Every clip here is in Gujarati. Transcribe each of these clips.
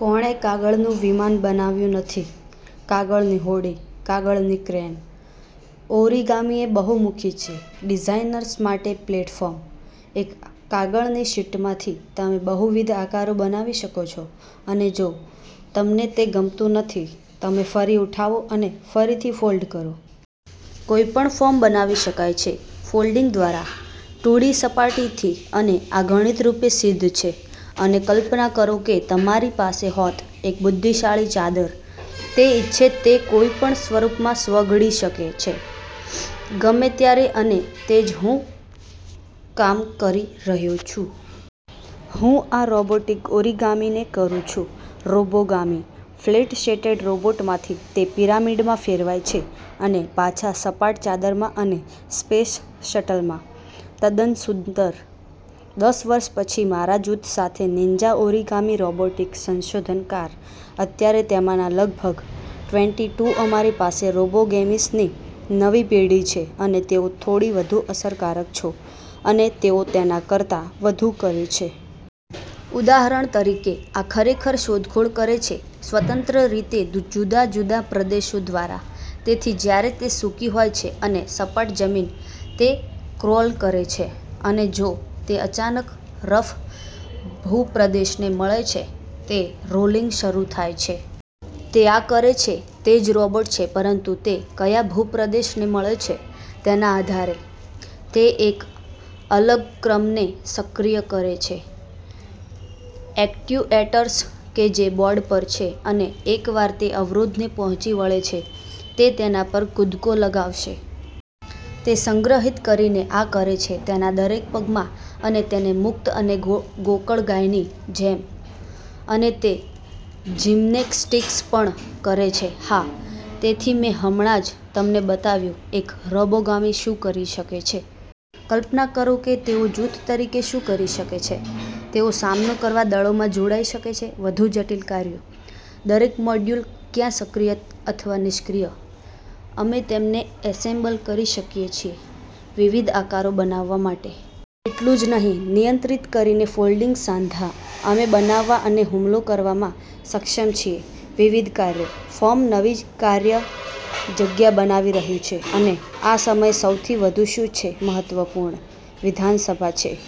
કોણે કાગળનું વિમાન બનાવ્યું નથી? કાગળની હોડી? કાગળની ક્રેન? ઓરિગામિ એ બહુમુખી છે ડિઝાઇનર્સ માટે પ્લેટફોર્મ. એક કાગળની શીટમાંથી તમે બહુવિધ આકારો બનાવી શકો છો અને જો તમને તે ગમતું નથી, તમે ફરી ઉઠાવો અને ફરીથી ફોલ્ડ કરો. કોઈપણ ફોર્મ બનાવી શકાય છે ફોલ્ડિંગ દ્વારા ટુ ડી સપાટીથી અને આ ગણિતરૂપે સિદ્ધ છે. અને કલ્પના કરો કે તમારી પાસે હોત એક બુદ્ધિશાળી ચાદર તે ઇચ્છે તે કોઈપણ સ્વરૂપમાં સ્વગડી શકે છે ગમે ત્યારે અને તે જ હું કામ કરી રહ્યો છું. હું આ રોબોટિક ઓરિગામિને કરું છું "રોબોગામી". ફ્લેટ-શેટેડ રોબોટમાંથી તે પિરામિડમાં ફેરવાય છે અને પાછા સપાટ ચાદરમાં અને સ્પેસ શટલમાં. તદ્દન સુંદર. દસ વર્ષ પછી મારા જૂથ સાથે નીન્જા ઓરિગામિ રોબોટિક સંશોધનકાર અત્યારે તેમાંના લગભગ ટ્વેન્ટી ટુ અમારી પાસે રોબોગેમિસની નવી પેઢી છે અને તેઓ થોડી વધુ અસરકારક છો અને તેઓ તેના કરતા વધુ કરે છે. ઉદાહરણ તરીકે, આ ખરેખર શોધખોળ કરે છે સ્વતંત્ર રીતે જુદા જુદા પ્રદેશો દ્વારા. તેથી જ્યારે તે સૂકી હોય છે અને સપાટ જમીન, તે ક્રોલ કરે છે. અને જો તે અચાનક રફ ભૂપ્રદેશને મળે છે, તે રોલિંગ શરૂ થાય છે. તે આ કરે છે તે જ રોબોટ છે પરંતુ તે કયા ભૂપ્રદેશને મળે છે તેના આધારે. તે એક અલગ ક્રમને સક્રિય કરે છે એક્ટ્યુએટર્સ કે જે બોર્ડ પર છે. અને એકવાર તે અવરોધને પહોંચી વળે છે, તે તેના પર કૂદકો લગાવશે. તે સંગ્રહિત કરીને આ કરે છે તેના દરેક પગમાં અને તેને મુક્ત અને ગોકળગાયની જેમ. અને તે જિમ્નેસ્ટિક્સ પણ કરે છે. હા! તેથી મેં હમણાં જ તમને બતાવ્યું એક રોબોગામી શું કરી શકે છે. કલ્પના કરો કે તેઓ જૂથ તરીકે શું કરી શકે છે. તેઓ સામનો કરવા દળોમાં જોડાઈ શકે છે વધુ જટિલ કાર્યો. દરેક મોડ્યુલ, ક્યાં સક્રિય અથવા નિષ્ક્રિય, અમે તેમને એસેમ્બલ કરી શકીએ છીએ વિવિધ આકારો બનાવવા માટે. એટલું જ નહીં, નિયંત્રિત કરીને ફોલ્ડિંગ સાંધા, અમે બનાવવા અને હુમલો કરવામાં સક્ષમ છીએ વિવિધ કાર્યો. ફોર્મ નવી કાર્ય જગ્યા બનાવી રહ્યું છે. અને આ સમયે સૌથી વધુ શું છે મહત્વપૂર્ણ? વિધાનસભા છે.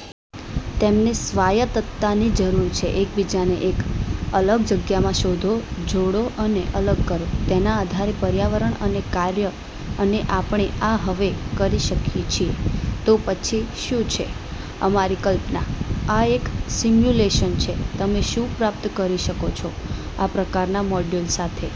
તેમને સ્વાયત્તતાની જરૂર છે. એકબીજાને એક અલગ જગ્યામાં શોધો, જોડો અને અલગ કરો તેના આધારે પર્યાવરણ અને કાર્ય. અને આપણે આ હવે કરી શકીએ છીએ. તો પછી શું છે? અમારી કલ્પના. આ એક સિમ્યુલેશન છે તમે શું પ્રાપ્ત કરી શકો છો આ પ્રકારના મોડ્યુલ સાથે.